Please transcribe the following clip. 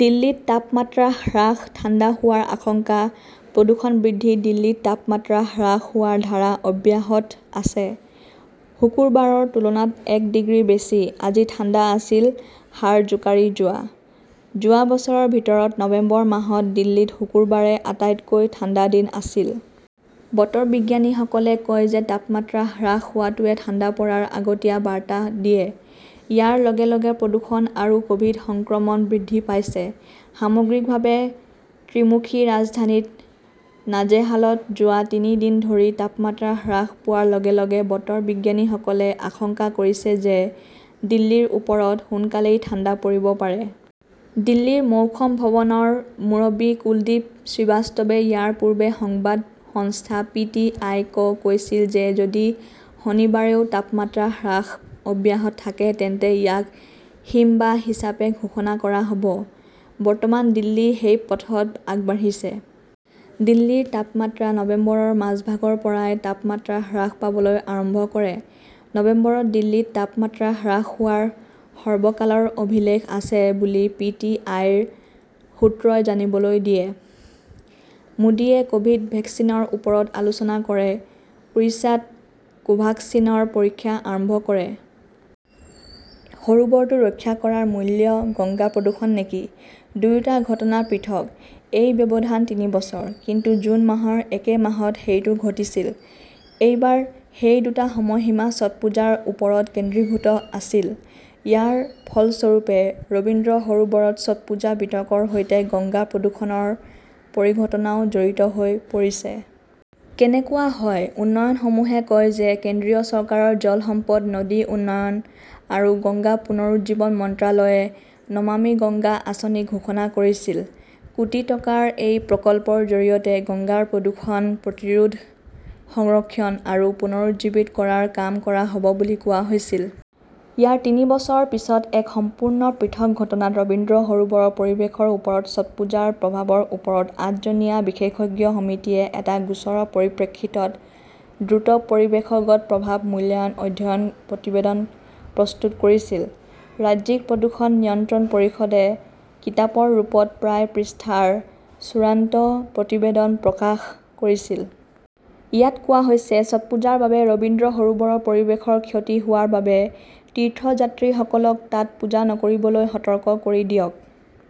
দিল্লীত তাপমাত্ৰা হ্ৰাস, ঠাণ্ডা হোৱাৰ আশংকা, প্ৰদূষণ বৃদ্ধি দিল্লীত তাপমাত্ৰা হ্ৰাস হোৱাৰ ধাৰা অব্যাহত আছে। শুকুৰবাৰৰ তুলনাত এক ডিগ্ৰী বেছি, আজি ঠাণ্ডা আছিল হাড় জোকাৰি যোৱা। যোৱা বছৰৰ ভিতৰত নৱেম্বৰ মাহত দিল্লীত শুকুৰবাৰে আটাইতকৈ ঠাণ্ডা দিন আছিল। বতৰ বিজ্ঞানীসকলে কয় যে তাপমাত্ৰা হ্ৰাস হোৱাটোৱে ঠাণ্ডা পৰাৰ আগতীয়া বাৰ্তা দিয়ে। ইয়াৰ লগে লগে প্ৰদূষণ আৰু কভিড সংক্ৰমণ বৃদ্ধি পাইছে। সামগ্ৰিকভাৱে, ত্ৰিমুখী ৰাজধানীত নাজেহালত যোৱা তিনি দিন ধৰি তাপমাত্ৰা হ্ৰাস পোৱাৰ লগে লগে বতৰ বিজ্ঞানীসকলে আশংকা কৰিছে যে দিল্লীৰ ওপৰত সোনকালেই ঠাণ্ডা পৰিব পাৰে। দিল্লীৰ মৌসম ভৱনৰ মুৰব্বী কুলদ্বীপ শ্ৰীবাস্তৱে ইয়াৰ পূৰ্বে সংবাদ সংস্থা পি. টি. আই. -ক কৈছিল যে যদি শনিবাৰেও তাপমাত্ৰা হ্ৰাস অব্যাহত থাকে তেন্তে ইয়াক হিমবাহ হিচাপে ঘোষণা কৰা হ 'ব। বৰ্তমান দিল্লী সেই পথত আগবাঢ়িছে। দিল্লীৰ তাপমাত্ৰা নৱেম্বৰৰ মাজভাগৰ পৰাই তাপমাত্ৰা হ্ৰাস পাবলৈ আৰম্ভ কৰে। নৱেম্বৰত দিল্লীত তাপমাত্ৰা হ্ৰাস হোৱাৰ সৰ্বকালৰ অভিলেখ আছে বুলি পি. টি. আই. -ৰ সূত্ৰই জানিবলৈ দিয়ে। মোদীয়ে কভিড ভেকচিনৰ ওপৰত আলোচনা কৰে, উৰিষ্যাত কোভাক্সিনৰ পৰীক্ষা আৰম্ভ কৰে। সৰোবৰটো ৰক্ষা কৰাৰ মূল্য গংগা-প্ৰদূষণ নেকি? দুয়োটা ঘটনা পৃথক। এই ব্যৱধান তিনি বছৰ। কিন্তু জুন মাহৰ একে মাহত সেইটো ঘটিছিল। এইবাৰ সেই দুটা সময়সীমা ছটপূজাৰ ওপৰত কেন্দ্ৰীভূত আছিল। ইয়াৰ ফলস্বৰূপে, ৰবীন্দ্ৰ সৰোবৰত ছটপূজা বিতৰ্কৰ সৈতে গংগা প্ৰদূষণৰ পৰিঘটনাও জড়িত হৈ পৰিছে। কেনেকুৱা হয়? উন্নয়নসমূহে কয় যে কেন্দ্ৰীয় চৰকাৰৰ জল সম্পদ, নদী উন্নয়ন আৰু গংগা পুনৰুজ্জীৱন মন্ত্ৰালয়ে 'নমামি গংগা আঁচনি ঘোষণা কৰিছিল।, কোটি টকাৰ এই প্ৰকল্পৰ জৰিয়তে গংগাৰ প্ৰদূষণ প্ৰতিৰোধ, সংৰক্ষণ আৰু পুনৰুজ্জীৱিত কৰাৰ কাম কৰা হব বুলি কোৱা হৈছিল। ইয়াৰ তিনি বছৰৰ পিছত, এক সম্পূৰ্ণ পৃথক ঘটনাত, ৰবীন্দ্ৰ সৰোবৰৰ পৰিৱেশৰ ওপৰত ছটপূজাৰ প্ৰভাৱৰ ওপৰত আঠজনীয়া বিশেষজ্ঞ সমিতিয়ে এটা গোচৰৰ পৰিপ্ৰেক্ষিতত দ্ৰুত 'পৰিৱেশগত প্ৰভাৱ মূল্যায়ন অধ্যয়ন প্ৰতিবেদন' প্ৰস্তুত কৰিছিল। ৰাজ্যিক প্ৰদূষণ নিয়ন্ত্ৰণ পৰিষদে কিতাপৰ ৰূপত প্ৰায় পৃষ্ঠাৰ চূড়ান্ত প্ৰতিবেদন প্ৰকাশ কৰিছিল। ইয়াত কোৱা হৈছে-ছটপূজাৰ বাবে ৰবীন্দ্ৰ সৰোবৰৰ পৰিৱেশৰ ক্ষতি হোৱাৰ বাবে তীৰ্থযাত্ৰীসকলক তাত পূজা নকৰিবলৈ সতৰ্ক কৰি দিয়ক।